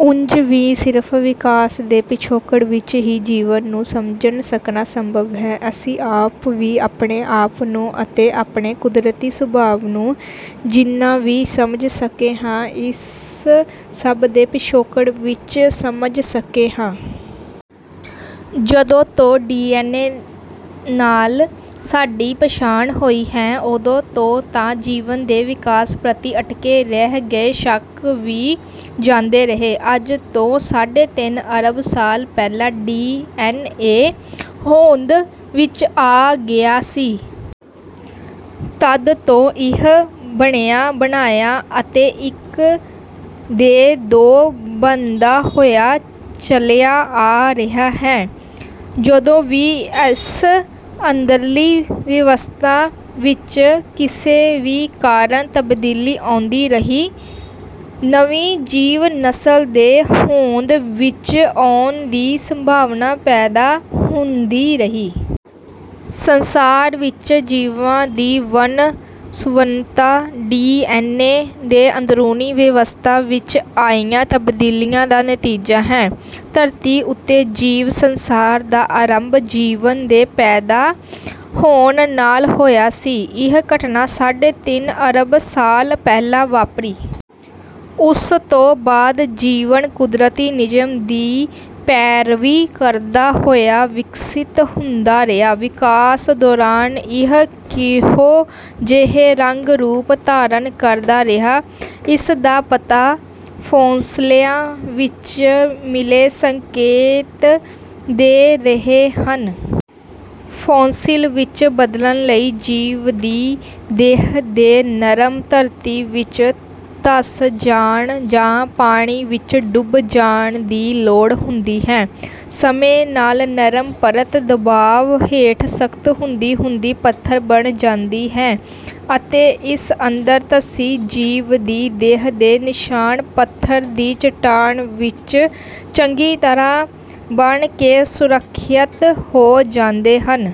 ਉਂਜ ਵੀ, ਸਿਰਫ਼ ਵਿਕਾਸ ਦੇ ਪਿਛੋਕੜ ਵਿੱਚ ਹੀ ਜੀਵਨ ਨੂੰ ਸਮਝ ਸਕਣਾ ਸੰਭਵ ਹੈ। ਅਸੀਂ ਆਪ ਵੀ ਆਪਣੇ ਆਪ ਨੂੰ ਅਤੇ ਆਪਣੇ ਕੁਦਰਤੀ ਸੁਭਾਅ ਨੂੰ ਜਿੰਨਾ ਵੀ ਸਮਝ ਸਕੇ ਹਾਂ, ਇਸ ਸਭ ਦੇ ਪਿਛੋਕੜ ਵਿੱਚ ਸਮਝ ਸਕੇ ਹਾਂ। ਜਦੋਂ ਤੋਂ ਡੀ ਐਨ ਏ ਨਾਲ ਸਾਡੀ ਪਛਾਣ ਹੋਈ ਹੈ, ਉਦੋਂ ਤੋਂ ਤਾਂ ਜੀਵਨ ਦੇ ਵਿਕਾਸ ਪ੍ਰਤੀ ਅਟਕੇ ਰਹਿ ਗਏ ਸ਼ੱਕ ਵੀ ਜਾਂਦੇ ਰਹੇ। ਅੱਜ ਤੋਂ ਸਾਢੇ ਤਿੰਨ ਅਰਬ ਸਾਲ ਪਹਿਲਾਂ ਡੀ ਐਨ ਏ ਹੋਂਦ ਵਿੱਚ ਆ ਗਿਆ ਸੀ। ਤਦ ਤੋਂ ਇਹ ਬਣਿਆ ਬਣਾਇਆ ਅਤੇ ਇੱਕ ਦੇ ਦੋ ਬਣਦਾ ਹੋਇਆ ਚਲਿਆ ਆ ਰਿਹਾ ਹੈ। ਜਦੋਂ ਵੀ ਇਸ ਅੰਦਰਲੀ ਵਿਵਸਥਾ ਵਿੱਚ ਕਿਸੇ ਵੀ ਕਾਰਨ ਤਬਦੀਲੀ ਆਉਂਦੀ ਰਹੀ, ਨਵੀਂ ਜੀਵ ਨਸਲ ਦੇ ਹੋਂਦ ਵਿੱਚ ਆਉਣ ਦੀ ਸੰਭਾਵਨਾ ਪੈਦਾ ਹੁੰਦੀ ਰਹੀ। ਸੰਸਾਰ ਵਿੱਚ ਜੀਵਾਂ ਦੀ ਵੰਨ ਸੁਵੰਨਤਾ ਡੀ ਐਨ ਏ ਦੀ ਅੰਦਰੂਨੀ ਵਿਵਸਥਾ ਵਿੱਚ ਆਈਆਂ ਤਬਦੀਲੀਆਂ ਦਾ ਨਤੀਜਾ ਹੈ। ਧਰਤੀ ਉੱਤੇ ਜੀਵ ਸੰਸਾਰ ਦਾ ਆਰੰਭ ਜੀਵਨ ਦੇ ਪੈਦਾ ਹੋਣ ਨਾਲ ਹੋਇਆ ਸੀ। ਇਹ ਘਟਨਾ ਸਾਢੇ ਤਿੰਨ ਅਰਬ ਸਾਲ ਪਹਿਲਾਂ ਵਾਪਰੀ। ਉਸ ਤੋਂ ਬਾਅਦ ਜੀਵਨ ਕੁਦਰਤੀ ਨਿਯਮ ਦੀ ਪੈਰਵੀ ਕਰਦਾ ਹੋਇਆ ਵਿਕਸਿਤ ਹੁੰਦਾ ਰਿਹਾ। ਵਿਕਾਸ ਦੌਰਾਨ ਇਹ ਕਿਹੋ ਜਿਹੇ ਰੰਗ ਰੂਪ ਧਾਰਨ ਕਰਦਾ ਰਿਹਾ, ਇਸ ਦਾ ਪਤਾ ਫੋਸਿਲਾਂ ਵਿੱਚ ਮਿਲੇ ਸੰਕੇਤ ਦੇ ਰਹੇ ਹਨ। ਫੋਸਿਲ ਵਿੱਚ ਬਦਲਣ ਲਈ ਜੀਵ ਦੀ ਦੇਹ ਦੇ ਨਰਮ ਧਰਤੀ ਵਿੱਚ ਧਸ ਜਾਣ ਜਾਂ ਪਾਣੀ ਵਿੱਚ ਡੁੱਬ ਜਾਣ ਦੀ ਲੋੜ ਹੁੰਦੀ ਹੈ। ਸਮੇਂ ਨਾਲ ਨਰਮ ਪਰਤ ਦਬਾਅ ਹੇਠ ਸਖ਼ਤ ਹੁੰਦੀ ਹੁੰਦੀ ਪੱਥਰ ਬਣ ਜਾਂਦੀ ਹੈ ਅਤੇ ਇਸ ਅੰਦਰ ਧਸੀ ਜੀਵ ਦੀ ਦੇਹ ਦੇ ਨਿਸ਼ਾਨ ਪੱਥਰ ਦੀ ਚੱਟਾਨ ਵਿੱਚ ਚੰਗੀ ਤਰ੍ਹਾਂ ਬਣ ਕੇ ਸੁਰੱਖਿਅਤ ਹੋ ਜਾਂਦੇ ਹਨ।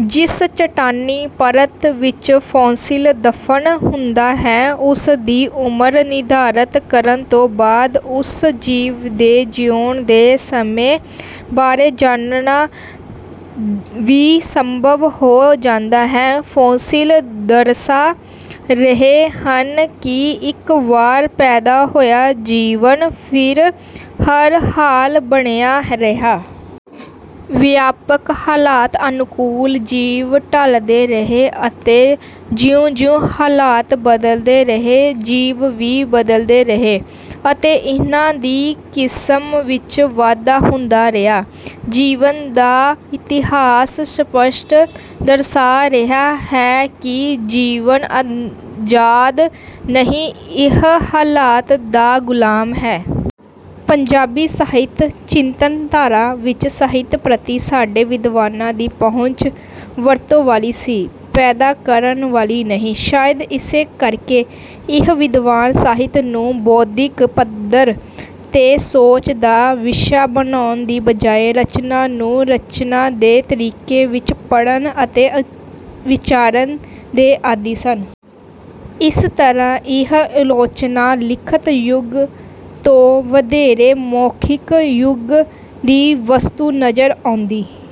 ਜਿਸ ਚੱਟਾਨੀ ਪਰਤ ਵਿੱਚ ਫੋਸਿਲ ਦਫ਼ਨ ਹੁੰਦਾ ਹੈ, ਉਸ ਦੀ ਉਮਰ ਨਿਰਧਾਰਤ ਕਰਨ ਤੋਂ ਬਾਅਦ ਉਸ ਜੀਵ ਦੇ ਜਿਉਣ ਦੇ ਸਮੇਂ ਬਾਰੇ ਜਾਣਨਾ ਵੀ ਸੰਭਵ ਹੋ ਜਾਂਦਾ ਹੈ। ਫੋਸਿਲ ਦਰਸਾ ਰਹੇ ਹਨ ਕਿ ਇੱਕ ਵਾਰ ਪੈਦਾ ਹੋਇਆ ਜੀਵਨ ਫਿਰ ਹਰ ਹਾਲ ਬਣਿਆ ਰਿਹਾ। ਵਿਆਪਕ ਹਾਲਾਤ ਅਨੁਕੂਲ ਜੀਵ ਢਲਦੇ ਰਹੇ ਅਤੇ ਜਿਉਂ ਜਿਉਂ ਹਾਲਾਤ ਬਦਲਦੇ ਰਹੇ, ਜੀਵ ਵੀ ਬਦਲਦੇ ਰਹੇ ਅਤੇ ਇਨ੍ਹਾਂ ਦੀ ਕਿਸਮ ਵਿੱਚ ਵਾਧਾ ਹੁੰਦਾ ਰਿਹਾ। ਜੀਵਨ ਦਾ ਇਤਿਹਾਸ ਸਪਸ਼ਟ ਦਰਸਾ ਰਿਹਾ ਹੈ ਕਿ ਜੀਵਨ ਆਜ਼ਾਦ ਨਹੀਂ, ਇਹ ਹਾਲਾਤ ਦਾ ਗੁਲਾਮ ਹੈ। ਪੰਜਾਬੀ ਸਾਹਿਤ ਚਿੰਤਨਧਾਰਾ ਵਿੱਚ ਸਾਹਿਤ ਪ੍ਰਤੀ ਸਾਡੇ ਵਿਦਵਾਨਾਂ ਦੀ ਪਹੁੰਚ ਵਰਤੋਂ ਵਾਲੀ ਸੀ, ਪੈਦਾ ਕਰਨ ਵਾਲੀ ਨਹੀਂ। ਸ਼ਾਇਦ ਇਸੇ ਕਰਕੇ ਇਹ ਵਿਦਵਾਨ ਸਾਹਿਤ ਨੂੰ ਬੌਧਿਕ ਪੱਧਰ ਤੇ ਸੋਚ ਦਾ ਵਿਸ਼ਾ ਬਣਾਉਣ ਦੀ ਬਜਾਏ, ਰਚਨਾ ਨੂੰ ਰਚਨਾ ਦੇ ਤਰੀਕੇ ਵਿੱਚ ਪੜ੍ਹਨ ਅਤੇ ਵਿਚਾਰਨ ਦੇ ਆਦੀ ਸਨ। ਇਸ ਤਰ੍ਹਾਂ ਇਹ ਆਲੋਚਨਾ ਲਿਖਤ ਯੁੱਗ ਤੋਂ ਵਧੇਰੇ, ਮੌਖਿਕ ਯੁੱਗ ਦੀ ਵਸਤੂ ਨਜ਼ਰ ਆਉਂਦੀ